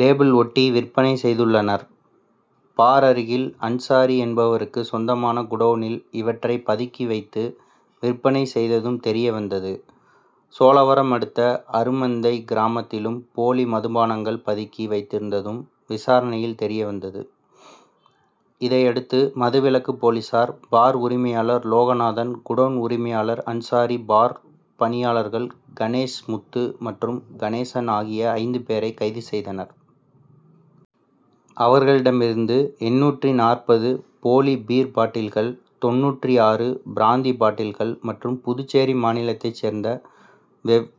Label ஒட்டி விற்பனை செய்துள்ளனர். பார் அருகில் அன்சாரி என்பவருக்கு சொந்தமான குடோனில் இவற்றை பதுக்கி வைத்து விற்பனை செய்ததும் தெரியவந்தது. சோழவரம் அடுத்த அருமந்தை கிராமத்திலும் போலி மதுபானங்கள் பதுக்கி வைத்திருந்ததும் விசாரணையில் தெரிய வந்தது. இதையடுத்து மதுவிலக்கு போலீசார் பார் உரிமையாளர் லோகநாதன் குடோன் உரிமையாளர் அன்சாரி பார் பணியாளர்கள் கணேஷ் முத்து மற்றும் கணேசன் ஆகிய ஐந்து பேரை கைது செய்தனர். அவர்களிடமிருந்து எண்ணூற்று நாற்பது போலி பீர் பாட்டில்கள் தொண்ணூற்று ஆறு பிராந்தி பாட்டில்கள் மற்றும் புதுச்சேரி மாநிலத்தை சேர்ந்த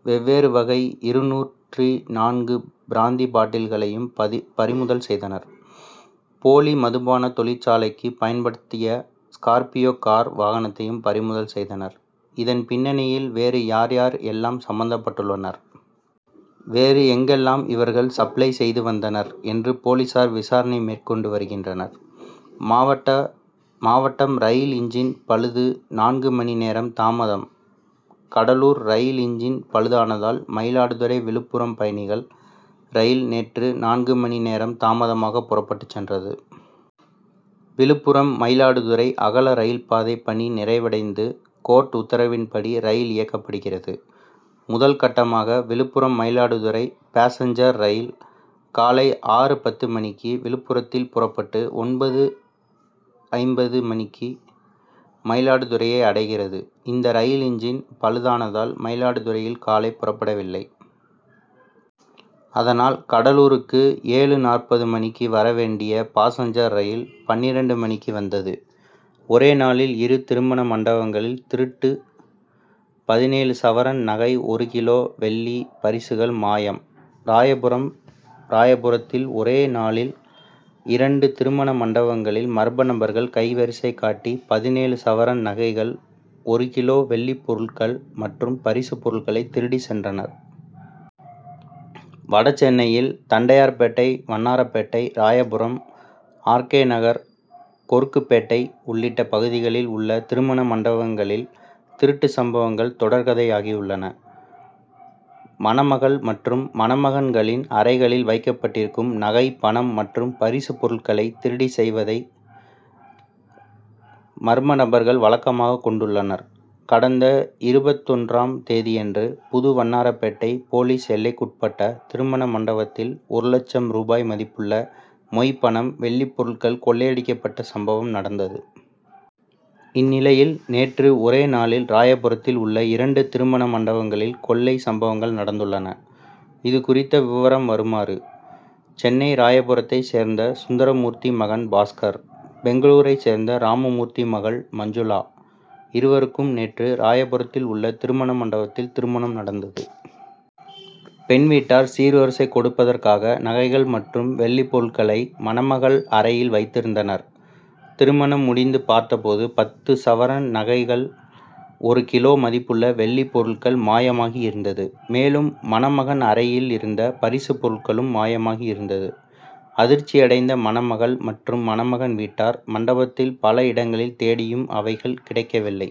வெவ்வேறு வகை இருநூற்று நான்கு பிராந்தி பாட்டில்களையும் பறிமுதல் செய்தனர். போலி மதுபான தொழிற்சாலைக்கு பயன்படுத்திய ஸ்கார்பியோ கார் வாகனத்தையும் பறிமுதல் செய்தனர். இதன் பின்னணியில் வேறு யார் யார் எல்லாம் சம்பந்தப்பட்டுள்ளனர்? வேறு எங்கெல்லாம் இவர்கள் சப்ளை செய்து வந்தனர்? என்று போலீசார் விசாரணை மேற்கொண்டு வருகின்றனர். மாவட்ட மாவட்டம் ரயில் இன்ஜின் பழுது நான்கு மணி நேரம் தாமதம் கடலூர் ரயில் இன்ஜின் பழுதானதால் மயிலாடுதுறை விழுப்புரம் பயணிகள் ரயில் நேற்று நான்கு மணி நேரம் தாமதமாக புறப்பட்டுச் சென்றது. விழுப்புரம் மயிலாடுதுறை அகல ரயில் பாதை பணி நிறைவடைந்து கோர்ட் உத்தரவின்படி ரயில் இயக்கப்படுகிறது. முதல் கட்டமாக விழுப்புரம் மயிலாடுதுறை பாசஞ்சர் ரயில் காலை ஆறு பத்து மணிக்கு விழுப்புரத்தில் புறப்பட்டு ஒன்பது ஐம்பது மணிக்கு மயிலாடுதுறையை அடைகிறது. இந்த ரயில் இன்ஜின் பழுதானதால் மயிலாடுதுறையில் காலை புறப்படவில்லை. அதனால் கடலூருக்கு ஏழு நாற்பது மணிக்கு வர வேண்டிய பாசஞ்சர் ரயில் பன்னிரண்டு மணிக்கு வந்தது. ஒரே நாளில் இரு திருமண மண்டபங்களில் திருட்டு பதினேழு சவரன் நகை ஒரு கிலோ வெள்ளி பரிசுகள் மாயம் ராயபுரம் ராயபுரத்தில் ஒரே நாளில் இரண்டு திருமண மண்டபங்களில் மர்ம நபர்கள் கைவரிசை காட்டி பதினேழு சவரன் நகைகள் ஒரு கிலோ வெள்ளிப்பொருட்கள் மற்றும் பரிசு பொருட்களை திருடிச் சென்றனர். வடசென்னையில் தண்டையார்பேட்டை வண்ணாரபேட்டை ராயபுரம் ஆர். கே. நகர் கொருக்குபேட்டை உள்ளிட்ட பகுதிகளில் உள்ள திருமண மண்டபங்களில் திருட்டு சம்பவங்கள் தொடர்கதையாகிவுள்ளன. மணமகள் மற்றும் மணமகன்களின் அறைகளில் வைக்கப்பட்டிருக்கும் நகை பணம் மற்றும் பரிசு பொருட்களை திருடிச் செய்வதை மர்மநபர்கள் வழக்கமாகக் கொண்டுள்ளனர். கடந்த இருபத்தொன்றாம் தேதியன்று புது வண்ணாரபேட்டை போலீஸ் எல்லைக்குட்பட்ட திருமண மண்டபத்தில் ஒரு லட்சம் ரூபாய் மதிப்புள்ள மொய் பணம் வெள்ளிப் பொருட்கள் கொள்ளையடிக்கப்பட்ட சம்பவம் நடந்தது. இந்நிலையில் நேற்று ஒரே நாளில் ராயபுரத்தில் உள்ள இரண்டு திருமண மண்டபங்களில் கொள்ளை சம்பவங்கள் நடந்துள்ளன. இது குறித்த விவரம் வருமாறு சென்னை ராயபுரத்தைச் சேர்ந்த சுந்தரமூர்த்தி மகன் பாஸ்கர். பெங்களூரைச் சேர்ந்த ராமமூர்த்தி மகள் மஞ்சுளா. இருவருக்கும் நேற்று ராயபுரத்தில் உள்ள திருமண மண்டபத்தில் திருமணம் நடந்தது. பெண் வீட்டார் சீர்வரிசை கொடுப்பதற்காக நகைகள் மற்றும் வெள்ளி பொருட்களை மணமகள் அறையில் வைத்திருந்தனர். திருமணம் முடிந்து பார்த்தபோது பத்து சவரன் நகைகள் ஒரு கிலோ மதிப்புள்ள வெள்ளி பொருட்கள் மாயமாகி இருந்தது. மேலும் மணமகன் அறையில் இருந்த பரிசு பொருட்களும் மாயமாகி இருந்தது. அதிர்ச்சி அடைந்த மணமகள் மற்றும் மணமகன் வீட்டார் மண்டபத்தின் பல இடங்களில் தேடியும் அவைகள் கிடைக்கவில்லை.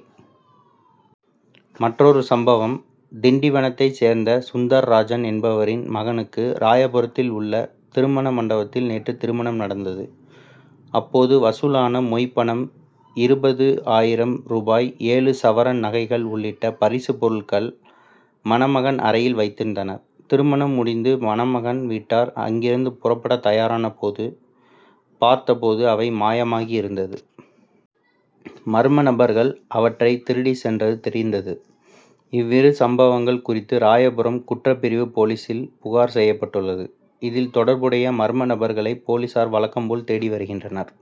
மற்றொரு சம்பவம் திண்டிவனத்தைச் சேர்ந்த சுந்தர்ராஜன் என்பவரின் மகனுக்கு ராயபுரத்தில் உள்ள திருமண மண்டபத்தில் நேற்று திருமணம் நடந்தது. அப்போது வசூலான மொய் பணம் இருபது ஆயிரம் ரூபாய் ஏழு சவரன் நகைகள் உள்ளிட்ட பரிசு பொருட்களை மணமகன் அறையில் வைத்திருந்தனர். திருமணம் முடிந்து மணமகன் வீட்டார் அங்கிருந்து புறப்பட தயாரானபோது பார்த்தபோது அவை மாயமாகி இருந்தது. மர்மநபர்கள் அவற்றை திருடிச் சென்றது தெரிந்தது. இவ்விரு சம்பவங்கள் குறித்து ராயபுரம் குற்றப்பிரிவு போலீசில் புகார் செய்யப்பட்டுள்ளது. இதில் தொடர்புடைய மர்ம நபர்களை போலீசார் வழக்கம் போல் தேடி வருகின்றனர்.